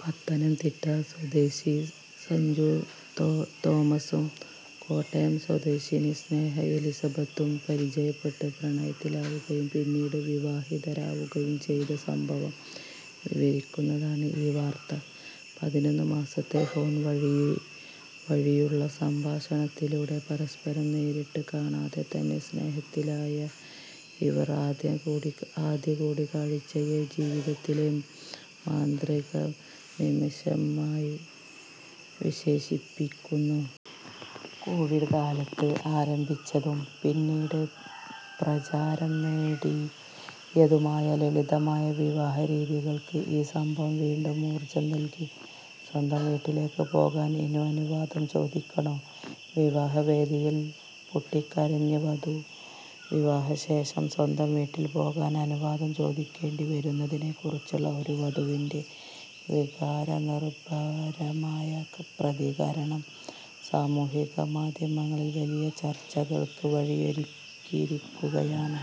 പത്തനംതിട്ട സ്വദേശി സജു തോമസും കോട്ടയം സ്വദേശിനി സ്നേഹ എലിസബത്തും പരിചയപ്പെട്ട് പ്രണയത്തിലാവുകയും പിന്നീട് വിവാഹിതരാവുകയും ചെയ്ത സംഭവം വിവരിക്കുന്നതാണ് ഈ വാർത്ത. പതിനൊന്നു മാസത്തെ ഫോൺ വഴിയുള്ള സംഭാഷണത്തിലൂടെ പരസ്പരം നേരിട്ട് കാണാതെ തന്നെ സ്നേഹത്തിലായ ഇവർ, ആദ്യ കൂടിക്കാഴ്ചയെ ജീവിതത്തിലെ മാന്ത്രിക നിമിഷമായി വിശേഷിപ്പിക്കുന്നു. കോവിഡ് കാലത്ത് ആരംഭിച്ചതും പിന്നീട് പ്രചാരം നേടിയതുമായ ലളിതമായ വിവാഹ രീതികൾക്ക് ഈ സംഭവം വീണ്ടും ഊർജ്ജം നൽകി. 'സ്വന്തം വീട്ടിലേക്ക് പോകാൻ ഇനി അനുവാദം ചോദിക്കണോ? 'വിവാഹവേദിയിൽ പൊട്ടിക്കരഞ്ഞ് വധു വിവാഹശേഷം സ്വന്തം വീട്ടിൽ പോകാൻ അനുവാദം ചോദിക്കേണ്ടി വരുന്നതിനെക്കുറിച്ചുള്ള ഒരു വധുവിന്റെ വികാരനിർഭരമായ പ്രതികരണം സാമൂഹിക മാധ്യമങ്ങളിൽ വലിയ ചർച്ചകൾക്ക് വഴിയൊരുക്കിയിരിക്കുകയാണ്.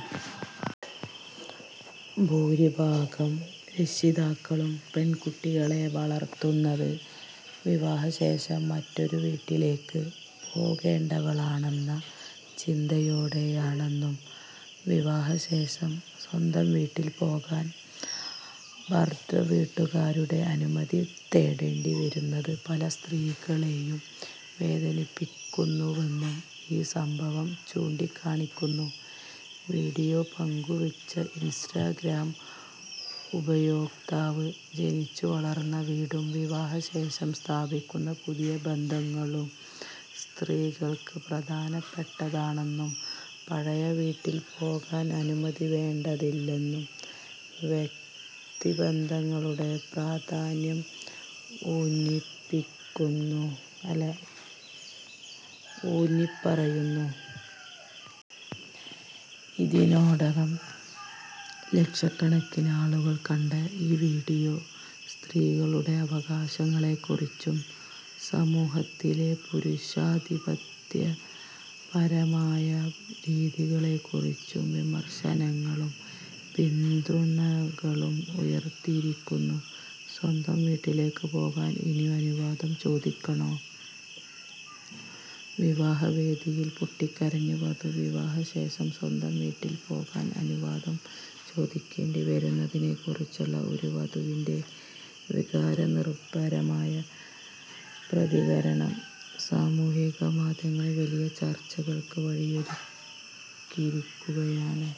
ഭൂരിഭാഗം രക്ഷിതാക്കളും പെൺകുട്ടികളെ വളർത്തുന്നത് വിവാഹശേഷം മറ്റൊരു വീട്ടിലേക്ക് പോകേണ്ടവളാണെന്ന ചിന്തയോടെയാണെന്നും, വിവാഹശേഷം സ്വന്തം വീട്ടിൽ പോകാൻ ഭർതൃവീട്ടുകാരുടെ അനുമതി തേടേണ്ടി വരുന്നത് പല സ്ത്രീകളെയും വേദനിപ്പിക്കുന്നുവെന്നും ഈ സംഭവം ചൂണ്ടിക്കാണിക്കുന്നു. വിഡിയോ പങ്കുവെച്ച ഇൻസ്റ്റഗ്രാം ഉപയോക്താവ്, ജനിച്ചുവളർന്ന വീടും വിവാഹശേഷം സ്ഥാപിക്കുന്ന പുതിയ ബന്ധങ്ങളും സ്ത്രീക്ക് പ്രധാനപ്പെട്ടതാണെന്നും, പഴയ വീട്ടിൽ പോകാൻ അനുമതി വേണ്ടതില്ലെന്നും വ്യക്തിബന്ധങ്ങളുടെ പ്രാധാന്യം ഊന്നിപ്പറയുന്നു. ഇതിനോടകം ലക്ഷക്കണക്കിന് ആളുകൾ കണ്ട ഈ വിഡിയോ, സ്ത്രീകളുടെ അവകാശങ്ങളെക്കുറിച്ചും സമൂഹത്തിലെ പുരുഷാധിപത്യപരമായ രീതികളെക്കുറിച്ചും വിമർശനങ്ങളും പിന്തുണകളും ഉയർത്തിയിരിക്കുന്നു. 'സ്വന്തം വീട്ടിലേക്ക് പോകാൻ ഇനി അനുവാദം ചോദിക്കണോ? 'വിവാഹവേദിയിൽ പൊട്ടിക്കരഞ്ഞ് വധു വിവാഹശേഷം സ്വന്തം വീട്ടിൽ പോകാൻ അനുവാദം ചോദിക്കേണ്ടി വരുന്നതിനെക്കുറിച്ചുള്ള ഒരു വധുവിന്റെ വികാരനിർഭരമായ പ്രതികരണം സാമൂഹിക മാധ്യമങ്ങളിൽ വലിയ ചർച്ചകൾക്ക് വഴിയൊരുക്കിയിരിക്കുകയാണ്.